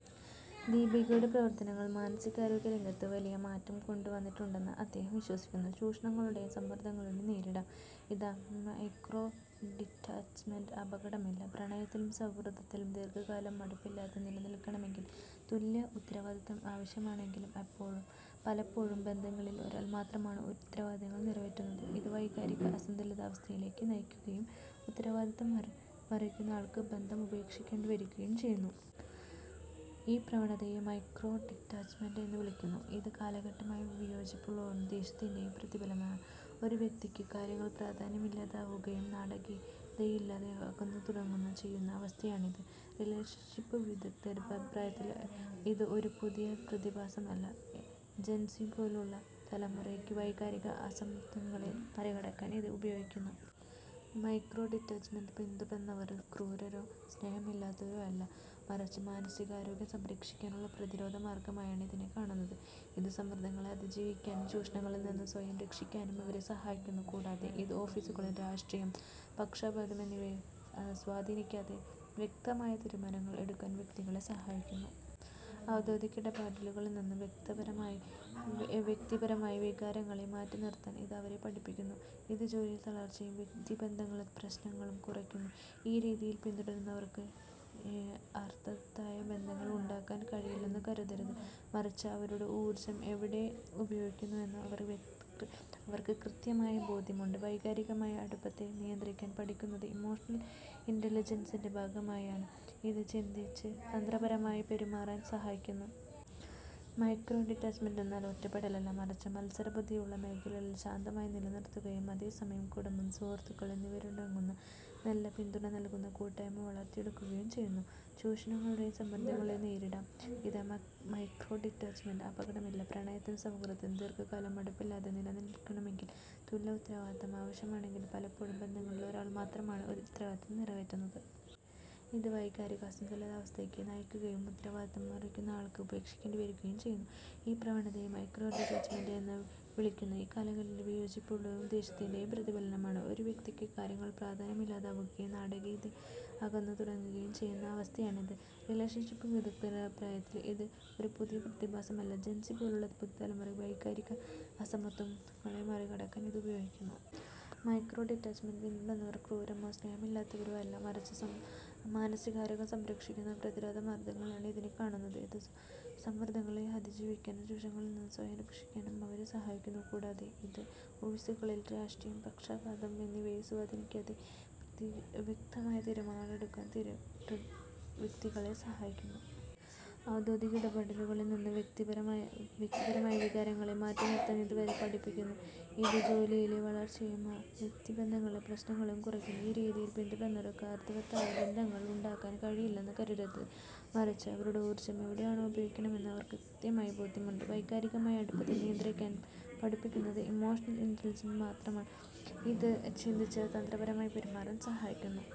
ദീപികയുടെ പ്രവർത്തനങ്ങൾ മാനസികാരോഗ്യ രംഗത്ത് ഒരു വലിയ മാറ്റം കൊണ്ടുവന്നിട്ടുണ്ടെന്ന് അദ്ദേഹം വിശ്വസിക്കുന്നു. ചൂഷണങ്ങളെയും സമ്മർദങ്ങളെയും നേരിടാം; ഇതാ മൈക്രോ ഡിറ്റാച്ച്മെന്റ്, അപകടമില്ല! പ്രണയത്തിലും സൗഹൃദത്തിലും ദീർഘകാലം മടുപ്പില്ലാതെ നിലനിൽക്കണമെങ്കിൽ തുല്യ ഉത്തരവാദിത്തം ആവശ്യമാണെങ്കിലും, പലപ്പോഴും ബന്ധങ്ങളിൽ ഒരാൾ മാത്രമാണ് ഉത്തരവാദിത്തങ്ങൾ നിറവേറ്റുന്നത്. ഇത് വൈകാരിക അസന്തുലിതാവസ്ഥയിലേക്ക് നയിക്കുകയും ഉത്തരവാദിത്തം വഹിക്കുന്നയാൾക്ക് ബന്ധം ഉപേക്ഷിക്കേണ്ടി വരികയും ചെയ്യുന്നു. ഈ പ്രവണതയെ മൈക്രോ ഡിറ്റാച്ച്മെന്റ് എന്ന് വിളിക്കുന്നു, ഇത് കാലങ്ങളായുള്ള വിയോജിപ്പുകളുടെയും ദേഷ്യത്തിന്റെയും പ്രതിഫലനമാണ്. ഒരു വ്യക്തിക്ക് കാര്യങ്ങൾ പ്രാധാന്യമില്ലാതാവുകയും നാടകീയതയില്ലാതെ അകന്നു തുടങ്ങുകയും ചെയ്യുന്ന അവസ്ഥയാണിത്. റിലേഷൻഷിപ് വിദഗ്ധരുടെ അഭിപ്രായത്തിൽ, ഇത് ഒരു പുതിയ പ്രതിഭാസമല്ല, ജെൻസി പോലുള്ള പുതുതലമുറ വൈകാരിക അസമത്വങ്ങളെ മറികടക്കാൻ ഇത് ഉപയോഗിക്കുന്നു. മൈക്രോ ഡിറ്റാച്ച്മെന്റ് പിന്തുടരുന്നവർ ക്രൂരരോ സ്നേഹമില്ലാത്തവരോ അല്ല, മറിച്ച് മാനസികാരോഗ്യം സംരക്ഷിക്കാനുള്ള പ്രതിരോധ മാർഗ്ഗമായാണ് ഇതിനെ കാണുന്നത്. ഇത് സമ്മർദ്ദങ്ങളെ അതിജീവിക്കാനും ചൂഷണങ്ങളിൽ നിന്ന് സ്വയം രക്ഷിക്കാനും അവരെ സഹായിക്കുന്നു. കൂടാതെ, ഇത് ഓഫീസുകളിലെ രാഷ്ട്രീയം, പക്ഷപാതം എന്നിവയെ സ്വാധീനിക്കാതെ വ്യക്തമായ തീരുമാനങ്ങൾ എടുക്കാൻ വ്യക്തികളെ സഹായിക്കുന്നു. ഔദ്യോഗിക ഇടപെടലുകളിൽ നിന്ന് വ്യക്തിപരമായ വികാരങ്ങളെ മാറ്റിനിർത്താൻ ഇത് അവരെ പഠിപ്പിക്കുന്നു, ഇത് ജോലിയിലെ തളർച്ചയും വ്യക്തിബന്ധങ്ങളിലെ പ്രശ്നങ്ങളും കുറയ്ക്കുന്നു. ഈ രീതി പിന്തുടരുന്നവർക്ക് അർത്ഥവത്തായ ബന്ധങ്ങൾ ഉണ്ടാക്കാൻ കഴിയില്ലെന്ന് കരുതരുത്, മറിച്ച് അവരുടെ ഊർജ്ജം എവിടെ ഉപയോഗിക്കണമെന്ന് അവർക്ക് കൃത്യമായ ബോധ്യമുണ്ട്. വൈകാരികമായ അടുപ്പത്തെ നിയന്ത്രിക്കാൻ പഠിക്കുന്നത് ഇമോഷണൽ ഇന്റലിജൻസിന്റെ ഭാഗമാണ്, ഇത് ചിന്തിച്ച് തന്ത്രപരമായി പെരുമാറാൻ സഹായിക്കുന്നു. മൈക്രോ ഡിറ്റാച്ച്മെന്റ് എന്നാൽ ഒറ്റപ്പെടലല്ല, മറിച്ച് മത്സരബുദ്ധിയുള്ള മേഖലകളിൽ ശാന്തത നിലനിർത്തുകയും അതേസമയം കുടുംബം, സുഹൃത്തുക്കൾ എന്നിവരടങ്ങുന്ന നല്ല പിന്തുണ നൽകുന്ന കൂട്ടായ്മ വളർത്തിയെടുക്കുകയും ചെയ്യുന്നു. ചൂഷണങ്ങളെയും സമ്മർദങ്ങളെയും നേരിടാം; ഇതാ മൈക്രോ ഡിറ്റാച്ച്മെന്റ്, അപകടമില്ല! പ്രണയത്തിലും സൗഹൃദത്തിലും ദീർഘകാലം മടുപ്പില്ലാതെ നിലനിൽക്കണമെങ്കിൽ തുല്യ ഉത്തരവാദിത്തം ആവശ്യമാണെങ്കിലും, പലപ്പോഴും ബന്ധങ്ങളിൽ ഒരാൾ മാത്രമാണ് ഉത്തരവാദിത്തങ്ങൾ നിറവേറ്റുന്നത്. ഇത് വൈകാരിക അസന്തുലിതാവസ്ഥയിലേക്ക് നയിക്കുകയും ഉത്തരവാദിത്തം വഹിക്കുന്നയാൾക്ക് ബന്ധം ഉപേക്ഷിക്കേണ്ടി വരികയും ചെയ്യുന്നു. ഈ പ്രവണതയെ മൈക്രോ ഡിറ്റാച്ച്മെന്റ് എന്ന് വിളിക്കുന്നു, ഇത് കാലങ്ങളായുള്ള വിയോജിപ്പുകളുടെയും ദേഷ്യത്തിന്റെയും പ്രതിഫലനമാണ്. ഒരു വ്യക്തിക്ക് കാര്യങ്ങൾ പ്രാധാന്യമില്ലാതാവുകയും നാടകീയതയില്ലാതെ അകന്നു തുടങ്ങുകയും ചെയ്യുന്ന അവസ്ഥയാണിത്. റിലേഷൻഷിപ് വിദഗ്ധരുടെ അഭിപ്രായത്തിൽ, ഇത് ഒരു പുതിയ പ്രതിഭാസമല്ല, ജെൻസി പോലുള്ള പുതുതലമുറ വൈകാരിക അസമത്വങ്ങളെ മറികടക്കാൻ ഇത് ഉപയോഗിക്കുന്നു. മൈക്രോ ഡിറ്റാച്ച്മെന്റ് പിന്തുടരുന്നവർ ക്രൂരരോ സ്നേഹമില്ലാത്തവരോ അല്ല, മറിച്ച് മാനസികാരോഗ്യം സംരക്ഷിക്കാനുള്ള പ്രതിരോധ മാർഗ്ഗമായാണ് ഇതിനെ കാണുന്നത്. ഇത് സമ്മർദ്ദങ്ങളെ അതിജീവിക്കാനും ചൂഷണങ്ങളിൽ നിന്ന് സ്വയം രക്ഷിക്കാനും അവരെ സഹായിക്കുന്നു. കൂടാതെ, ഇത് ഓഫീസുകളിലെ രാഷ്ട്രീയം, പക്ഷപാതം എന്നിവയെ സ്വാധീനിക്കാതെ വ്യക്തമായ തീരുമാനങ്ങൾ എടുക്കാൻ വ്യക്തികളെ സഹായിക്കുന്നു. ഔദ്യോഗിക ഇടപെടലുകളിൽ നിന്ന് വ്യക്തിപരമായ വികാരങ്ങളെ മാറ്റിനിർത്താൻ ഇത് അവരെ പഠിപ്പിക്കുന്നു, ഇത് ജോലിയിലെ തളർച്ചയും വ്യക്തിബന്ധങ്ങളിലെ പ്രശ്നങ്ങളും കുറയ്ക്കുന്നു. ഈ രീതി പിന്തുടരുന്നവർക്ക് അർത്ഥവത്തായ ബന്ധങ്ങൾ ഉണ്ടാക്കാൻ കഴിയില്ലെന്ന് കരുതരുത്, മറിച്ച് അവരുടെ ഊർജ്ജം എവിടെ ഉപയോഗിക്കണമെന്ന് അവർക്ക് കൃത്യമായ ബോധ്യമുണ്ട്. വൈകാരികമായ അടുപ്പത്തെ നിയന്ത്രിക്കാൻ പഠിക്കുന്നത് ഇമോഷണൽ ഇന്റലിജൻസിന്റെ ഭാഗമാണ്, ഇത് ചിന്തിച്ച് തന്ത്രപരമായി പെരുമാറാൻ സഹായിക്കുന്നു.